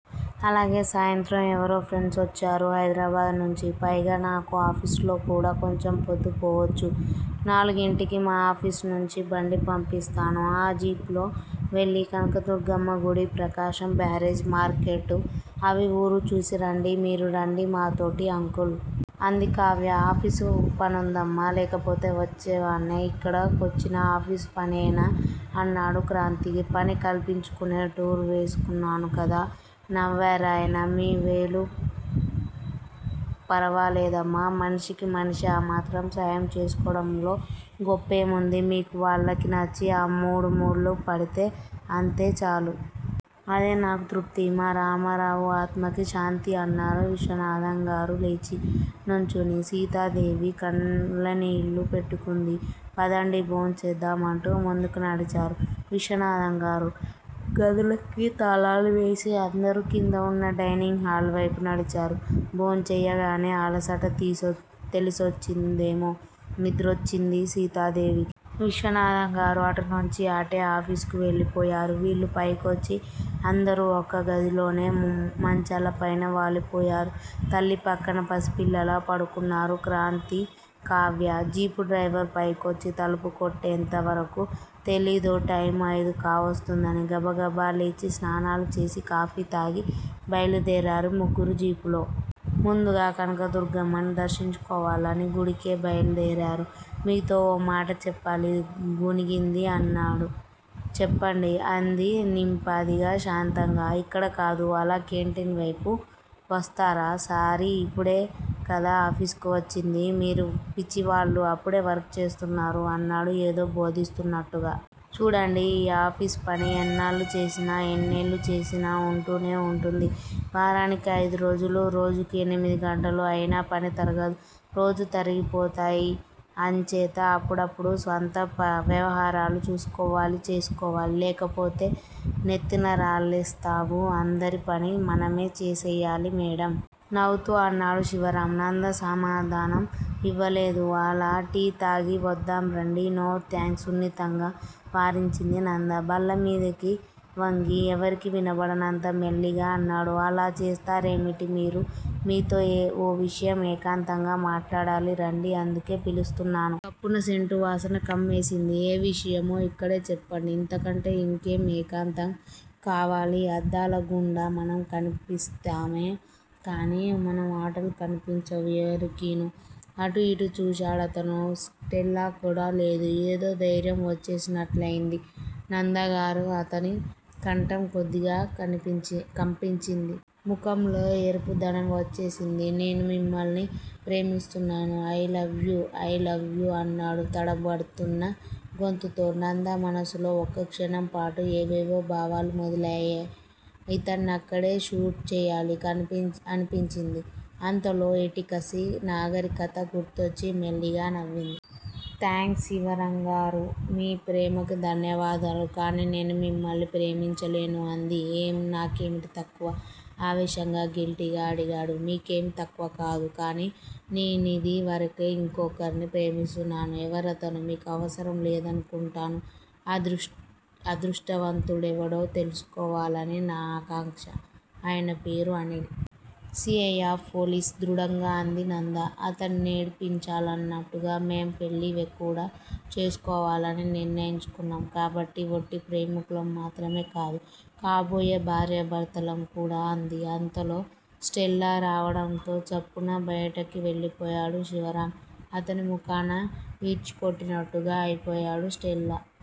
అలాగే సాయంత్రం ఎవరో ఫ్రెండ్సొచ్చారు హైదరాబాదు నుంచి. పైగా నాకు ఆఫీసులో కూడా కొంచెం పొద్దు పోవొచ్చు. నాలుగింటికి మా ఆఫీసు నుంచి బండి పంపిస్తాను. ఆ జీప్ లో వెళ్ళి కనకదుర్గమ్మ గుడి, ప్రకాశం బ్యారేజ్, మార్కెట్టూ అవీ ఊరు చూసిరండి. మీరూ రండి మాతోటీ అంకుల్! అంది కావ్య. ఆఫీసు పనుందమ్మా! లేకపోతే వొచ్చేవాణ్ణే! ఇక్కడ కొచ్చినా ఆఫీసుపనేనా? అన్నాడు క్రాంతి. పని కల్పించుకునే టూర్ వేసుకున్నాను కదా! నవ్వారాయన. మీ మేలు ఫరవాలేదమ్మా! మనిషికి మనిషి ఆ మాత్రం సాయం చేసుకోవడంలో గొప్పేముంది? మీకూ వాళ్లకీ నచ్చి, ఆ మూడుముళ్ళుపడిపోతే అంతే చాలు. అదే నాకు తృప్తి. మా రామారావు ఆత్మకి శాంతి! అన్నారు విశ్వనాథంగారు లేచి నుంచుని! సీతాదేవి కళ్లనీళ్ళు పెట్టుకుంది. పదండి భోంచేద్దాం అంటూ ముందుకు నడిచారు విశ్వనాథంగారు. గదులకి తాళాలువేసి, అందరూ కిందవున్న డైనింగ్ హాలు వైపు నడిచారు. భోంచెయ్యగానే అలసట తీసి వచ్చి తెలిసొచ్చిందేమో, నిద్రొచ్చింది సీతాదేవికి. విశ్వనాథంగారు అటునుంచి అటే ఆఫీసుకి వెళ్ళిపోయారు. వీళ్ళు పైకొచ్చి, అందరూ ఒక్క గదిలోనే మంచాల పైన వాలిపోయారు. తల్లి పక్కన పసిపిల్లల్లా పడుకున్నారు క్రాంతీ, కావ్య! జీపు డ్రైవర్ పైకొచ్చి తలుపు కొట్టేంత వరకూ తెలీదు, టైము అయిదు కావొస్తోందని. గబగబా లేచి స్నానాలు చేసి, కాఫీ తాగి బయలుదేరారు ముగ్గురూ జీపులో. ముందుగా కనకదుర్గమ్మని దర్శించుకోవాలని గుడికే బయలుదేరారు. మీతో ఓ మాట చెప్పాలి! గొణిగింది అన్నాడు. చెప్పండి! అంది నింపాదిగా శాంతంగా. ఇక్కడ కాదు! అలా కేంటీన్ వైపు వస్తారా? సారీ! ఇప్పుడే కదా ఆఫీసుకు వచ్చింది. మీరు పిచ్చివాళ్ళు అప్పుడే వర్క్ చేస్తున్నారు అన్నాడు ఏదో భోధిస్తున్నట్టుగా. చూడండి ఈ ఆఫేసు పని ఎన్నాళ్ళు చేసినా ఎన్నేళ్ళు చేసినా వుంటూనే వుంటుంది. వారానికి అయిదురోజులు రోజుకి ఎనిమిది గంటలు! అయినా పని తరగదు! రోజు తరిగిపోతాయి. అంచేత అప్పుడప్పుడు స్వంత వ్యవహారాలు చూసుకోవాలి. చేసుకోవాలి! లేకపోతే నెత్తిన రాళ్ళేస్తాఋ అందరి పని మనమే చేసెయ్యాలి మేడం! నవ్వుతూ అన్నాడు శివరాం. నంద సమాధానం ఇవ్వలేదు. అలా టీ తాగి వద్దాం రండి! No thanks! సున్నితంగా వారించింది నంద. బల్లమీదికి వంగి ఎవరికీ వినబడనంత మెల్లిగా అన్నాడు. అలా చేస్తారేమిటి మీరు? మీతో ఓ విషయం ఏకాంతంగా మాట్లాడాలి! రండి! అందుకే పిలుస్తున్నాను! గుప్పున సెంటు వాసన కమ్మేసింది. ఏ విషయమో ఇక్కడే చెప్పండి! ఇంతకంటే ఇంకేం ఏకాంతం కావాలి? అద్దాలగుండా మనం కనిపిస్తామే కానీ మన మాటలు కనిపించవు ఎవరికీను. అటు యిటు చూశాడతను. స్టెల్లాకూడా లేదు. ఏదో ధైర్యం వచ్చేసినట్లయింది. నందగారూ! అతని కంఠం కొద్దిగా కనిపించింది కంపించింది. ముఖంలో ఎరుపు దనం వచ్చేసింది. నేను మిమ్మల్ని ప్రేమిస్తున్నాను. I love you! I love you! అన్నాడు తడబడ్తోన్న గొంతుతో. నంద మనస్సులో ఒక్కక్షణం పాటు ఏవేవో భావాలు మెదిలాయి. ఇతన్నిక్కడే షూట్ చేయాలి! అనిపించింది. అంతలో ఎటికసీ, నాగరికతా గుర్తుకొచ్చి మెల్లిగా నవ్వింది. థాంక్స్ శివరాంగారూ! మీ ప్రేమకి ధన్యవాదాలు కానీ నేను మిమ్మల్ని ప్రేమించలేను! అంది. ఏం? నాకేమిటి తక్కువ! ఆవేశంగా గిల్టీగా అడిగాడు. మీకేమీ తక్కువ కాదు. కానీ నేనిదివరకే ఇంకొకర్ని ప్రేమిస్తున్నాను. ఎవరతను? మీకు అవసరం లేదనుకుంటాను! ఆ అదృష్టవంతుడెవడో తెలుసుకోవాలని నా ఆకాంక్ష! ఆయన పేరు Anil! C. I. Of police! దృఢంగా అంది నంద. అతన్నేడిపించాలన్నట్టుగా మేం పెళ్ళి కూడా చేసుకోవాలని నిర్ణయించుకున్నాం. కాబట్టి ఒట్టి ప్రేమికులు మాత్రమే కాదు! కాబోయే భార్యాభర్తలం కూడా! అంది. అంతలో స్టెల్లా రావటంతో చప్పున బయటికి వెళ్ళిపోయాడు శివరాం! అతని ముఖాన యీడ్చికొట్టినట్టుగా అయిపోయాడు. స్టెల్లా